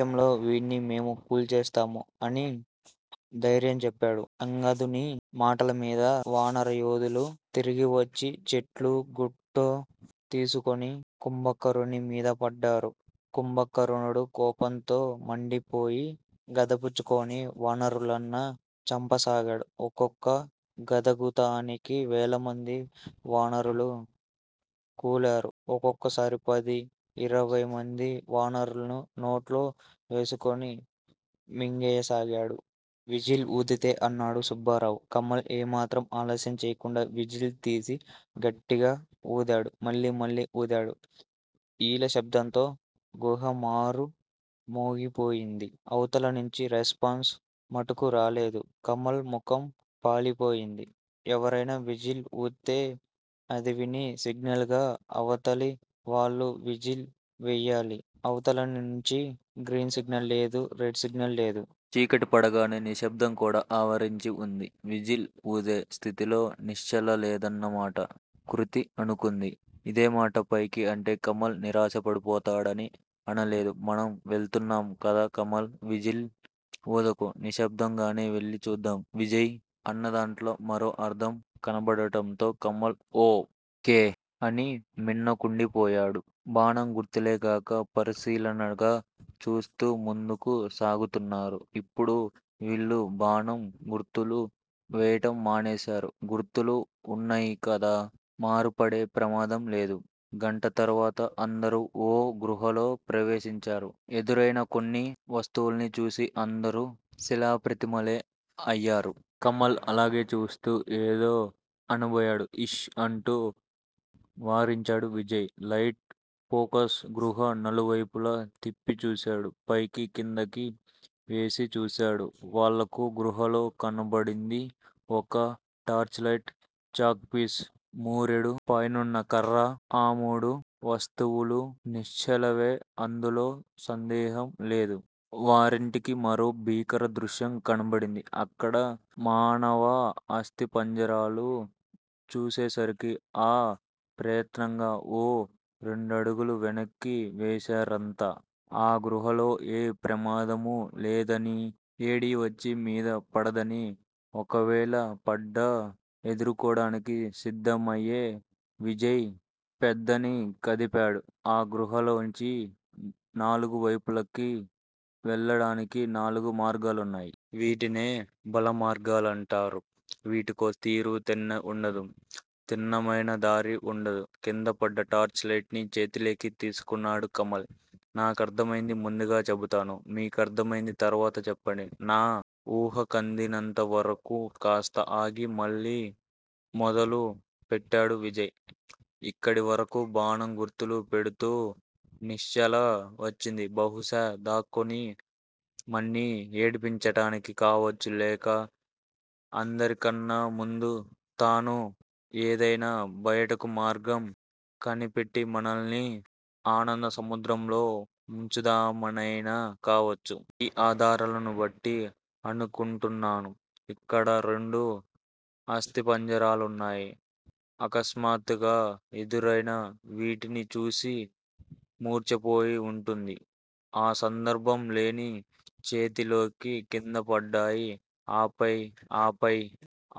నిమిషంలో వీణ్ని మేము కూల్చేస్తాము అని ధైర్యం చెప్పాడు. అంగదుని మాటలమీద వానరయోధులు తిరిగివచ్చి చెట్లూ గుట్టొ తీసుకొని కుంభకర్ణుని మీద పడ్డారు. కుంభకర్ణుడు కోపంతో మండిపోయి గదపుచ్చుకొని వనరులన్న చంపసాగాడు. ఒక్కొక్క గదఘాతానికి వేలమంది వానరులు కూలారు. ఒక్కొక్కసారి పది, ఇరవైమంది వానరుల్ను నోట్లో వేసుకుని మింగెయ్య సాగాడు. విజిల్ ఊదితే అన్నాడు సుబ్బారావు. కమల్ ఏ మాత్రం ఆలస్యం చేయకుండా విజిల్ తీసి గట్టిగా వూదాడు మళ్ళీ మళ్ళీ వూదాడు. ఈల శబ్దంతో గుహా మారు మోగిపోయింది. అవతలనుంచి రెస్పాన్స్ మటుకు రాలేదు. కమల్ ముఖం పాలిపోయింది. ఎవరైనా విజిల్ వూత్తే అదివిని సిగ్నల్ గా అవతలి వాళ్ళు విజిల్ వేయాలి అవతలి నుంచి గ్రీన్ సిగ్నల్ లేదు రెడ్ సిగ్నల్ లేదు. చీకటికాగానే నిశ్శబ్దం కూడా ఆవరించి వుంది. విజిల్ ఊదే స్థితిలో నిశ్చలలేదన్నమాట కృతి అనుకుంది. ఇదేమాట పైకి అంటే కమల్ నిరాశపడిపోతాడని అనలేదు మనం వెళుతున్నాము కదా కమల్! విజిల్ ఊదకు నిశ్శబ్దం గానే వెళ్ళి చూద్దాం విజయ్ అనదాంట్లో మరో అర్ధం కనబడటంతో కమల్ ఓ. కే. అని మిన్నకుండిపోయాడు. బాణం గుర్తులెగాక పరిశీలనగా చూస్తూ ముందుకు సాగుతున్నారు. ఇప్పుడు వీళ్ళు బాణం గుర్తులు వేయటం మానేశారు గుర్తులు వున్నాయికదా మారుపడే ప్రమాదం లేదు. గంట తర్వాత. అందరూ ఓ గుహలో ప్రవేశించారు. ఎదురైన కొన్ని వస్తువుల్ని చూసి అందరూ శిలాప్రతిమలే అయ్యారు. కమల్ అలాగే చూస్తూ ఏదో అనబోయాడు ఇష్ అంటూ వారించాడు విజయ్. లైటు ఫోకస్ గుహా నలువైపులా తిప్పి చూశాడు. పైకి కిందికి వేసి చూశాడు. వాళ్ళకా గుహలో కనబడింది. ఒక టార్చిలైటు, చాక్ పీసు మూరెడు పైనున్నకర్ర, ఆమూడు వస్తువులూ నిశ్చలవే అందులో సందేహం లేదు. వారింటికి మరో భీకర దృశ్యం కనబడింది. అక్కడ మానవ ఆస్తి పంజిరాలు చూసేసరికి ఆ ప్రయత్నంగా ఓ రెండడుగులు వెనక్కీ వేశారంతా. ఆ గుహలో ఏ ప్రమాదమూ లేదని. ఏడీవచ్చి మీద పడదని ఓవేళ పడ్డా ఎదుర్కోనాదానికి సిద్దమయ్యే విజయ్ పెదవి కదిపాడు. ఆ గుహలోంచి నాలుగువైపులకీ వెళ్ళడానికి నాలుగు మార్గాలున్నాయి. వీటినే బలమార్గలంటారు. వీటికో తీరూ తెన్నూ ఉండదు. తిన్ననైనా దారీ వుండదు. కిందపడ్డ టార్చ్ లైటు ని చేతిలోకి తీసుకున్నాడు కమల్. నా కర్దమైంది ముందుగా చెబుతాను. మీ కర్దమైంది తర్వాత చెప్పండి. నా ఊహాకందినంతవరకూ కాస్త ఆగి మళ్ళీ మొదలు పెట్టాడు విజయ్. ఇక్కడివరకూ బాణం గుర్తులు పెడుతూ నిశ్చల వచ్చింది బహుశా దాక్కుని మన్ని ఏడిపించటానికి కావచ్చు లేక అందరికన్నా ముందు తాను ఏదైనా బయటకు మార్గం కనిపెట్టిమనల్ని ఆనందసముద్రంలో ముంచుదామనైనా కావచ్చు. ఈ ఆధారాలనుబట్టి అనుకుంటున్నాను. ఇక్కడ రెండు అస్థిపంజరాలున్నాయి. అకస్మాత్తుగా ఎదురైనా వీటిని చూసి మూర్చపోయి వుంటుంది. ఆ సందర్భం లోని చేతిలోకి కిందపడ్డాయి ఆపై ఆపై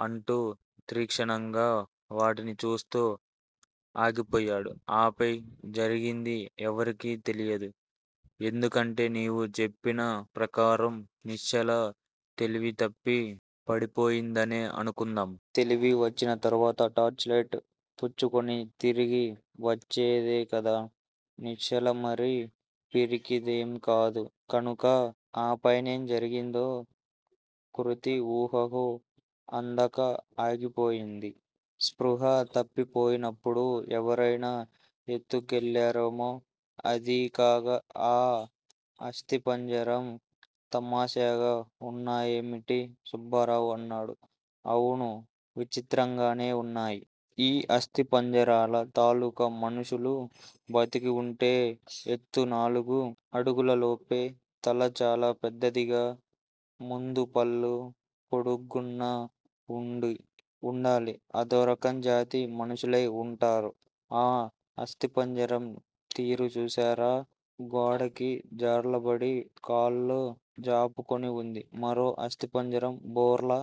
అంటూ తీక్షణంగా వాటిని చూస్తూ ఆగిపోయాడు. ఆపై జరిగింది ఎవరికీ తెలియదు. ఎందుకంటే నీవు చెప్పిన ప్రకారం నిశ్చల తెలివితప్పి పడిపోయిందనే అనుకుందాం. తెలివి వచ్చింతర్వాత టార్చ్ లైటు పుచ్చుకుని తిరిగి వచ్చేదేకదా! నిశ్చల మరీ పిరికిదేంకాదు కనుక! అపైనేం జరిగిందో కృతి ఊహకు అందక ఆగిపోయింది. స్పృహా తప్పిపోయినప్పుడు ఎవరైనా ఎత్తి కెళ్ళారేమో! అదీ గాక ఈ అస్థిపంజరం తామషాగా వున్నాయేమిటి? సుబ్బారావు అన్నాడు. అవును విచిత్రంగానే వున్నాయి. ఈ అస్థిపంజిరాలు తాలూకు మనుషులు బతికివుంటే ఎత్తు నాలుగు అడుగల లోపు. తల చాలా పెద్దదిగాను. ముందుపళ్ళు పోడుగున్న వుండి వుండాలి అదోరకం జాతి మనుషులై వుంటారు. ఆ అస్థిపంజిరం తీరు చూశారా? గోడకి జార్లబడి కాళ్ళు జాపుకుని వుంది. మరో అస్టిపంజరం బోర్లా